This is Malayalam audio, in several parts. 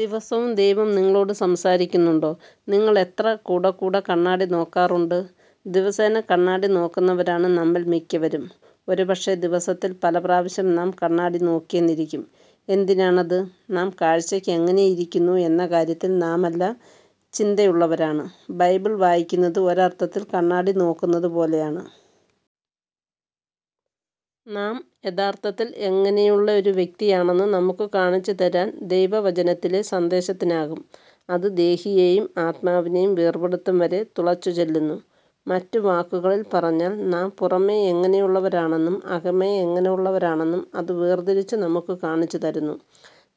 ദിവസവും ദൈവം നിങ്ങളോട് സംസാരിക്കുന്നുണ്ടോ? നിങ്ങൾ എത്ര കൂടെക്കൂടെ കണ്ണാടി നോക്കാറുണ്ട്? ദിവസേന കണ്ണാടി നോക്കുന്നവരാണ് നമ്മിൽ മിക്കവരും. ഒരുപക്ഷേ ദിവസത്തിൽ പലപ്രാവശ്യം നാം കണ്ണാടി നോക്കിയെന്നിരിക്കും. എന്തിനാണത്? നാം കാഴ്ചയ്ക്ക് എങ്ങനെയിരിക്കുന്നു എന്ന കാര്യത്തിൽ നാമെല്ലാം ചിന്തയുള്ളവരാണ്. ബൈബിൾ വായിക്കുന്നത് ഒരർത്ഥത്തിൽ കണ്ണാടി നോക്കുന്നത് പോലെയാണ്. നാം യഥാർത്ഥത്തിൽ എങ്ങനെയുള്ള ഒരു വ്യക്തിയാണെന്ന് നമുക്ക് കാണിച്ചുതരാൻ ദൈവവചനത്തിലെ സന്ദേശത്തിനാകും. അത് ദേഹിയെയും ആത്മാവിനെയും വേർപെടുത്തും വരെ തുളച്ചു ചെല്ലുന്നു. മറ്റു വാക്കുകളിൽ പറഞ്ഞാൽ, നാം പുറമെ എങ്ങനെയുള്ളവരാണെന്നും അകമേ എങ്ങനെയുള്ളവരാണെന്നും അത് വേർതിരിച്ച് നമുക്ക് കാണിച്ചുതരുന്നു.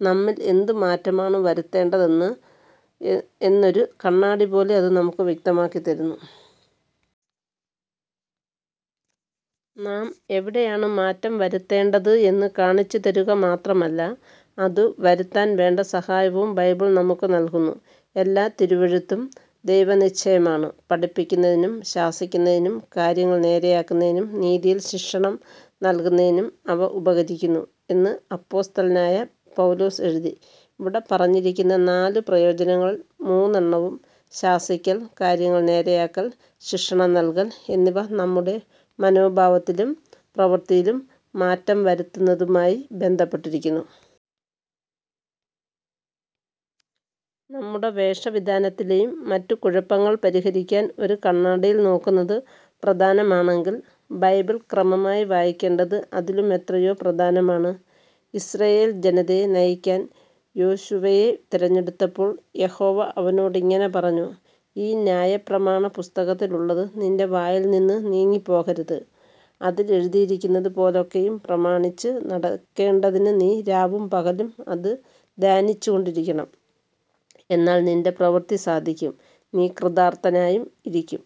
നമ്മിൽ എന്ത് മാറ്റമാണ് വരുത്തേണ്ടത് എന്ന് ഒരു കണ്ണാടി പോലെ അത് നമുക്ക് വ്യക്തമാക്കിത്തരുന്നു. നാം എവിടെയാണ് മാറ്റം വരുത്തേണ്ടത് എന്ന് കാണിച്ചുതരിക മാത്രമല്ല, അത് വരുത്താൻ വേണ്ട സഹായവും ബൈബിൾ നമുക്ക് നൽകുന്നു. എല്ലാ തിരുവെഴുത്തും ദൈവനിശ്വാസമാണ്, പഠിപ്പിക്കുന്നതിനും ശാസിക്കുന്നതിനും കാര്യങ്ങൾ നേരെയാക്കുന്നതിനും നീതിയിൽ ശിക്ഷണം നൽകുന്നതിനും അവ ഉപകരിക്കുന്നു എന്ന് അപ്പൊസ്തലനായ പൗലോസ് എഴുതി. ഇവിടെ പറഞ്ഞിരിക്കുന്ന നാല് പ്രയോജനങ്ങളിൽ മൂന്നെണ്ണവും, ശാസിക്കൽ, കാര്യങ്ങൾ നേരെയാക്കൽ, ശിക്ഷണം നൽകൽ എന്നിവ നമ്മുടെ മനോഭാവത്തിലും പ്രവൃത്തിയിലും മാറ്റം വരുത്തുന്നതുമായി ബന്ധപ്പെട്ടിരിക്കുന്നു. നമ്മുടെ വേഷവിധാനത്തിലെയും മറ്റും കുഴപ്പങ്ങൾ പരിഹരിക്കാൻ ഒരു കണ്ണാടിയിൽ നോക്കുന്നത് പ്രധാനമാണെങ്കിൽ, ബൈബിൾ ക്രമമായി വായിക്കേണ്ടത് അതിലുമെത്രയോ പ്രധാനമാണ്! ഇസ്രായേൽ ജനതയെ നയിക്കാൻ യോശുവയെ തെരഞ്ഞെടുത്തപ്പോൾ യഹോവ അവനോട് ഇങ്ങനെ പറഞ്ഞു, ഈ ന്യായപ്രമാണ പുസ്തകത്തിലുള്ളത് നിൻ്റെ വായിൽ നിന്ന് നീങ്ങിപ്പോകരുത്, അതിൽ എഴുതിയിരിക്കുന്നത് പോലെ ഒക്കെയും പ്രമാണിച്ചു നടക്കേണ്ടതിന് നീ രാവും പകലും അത് ധ്യാനിച്ചുകൊണ്ടിരിക്കണം, എന്നാൽ നിൻ്റെ പ്രവൃത്തി സാധിക്കും, നീ കൃതാർത്ഥനായും ഇരിക്കും.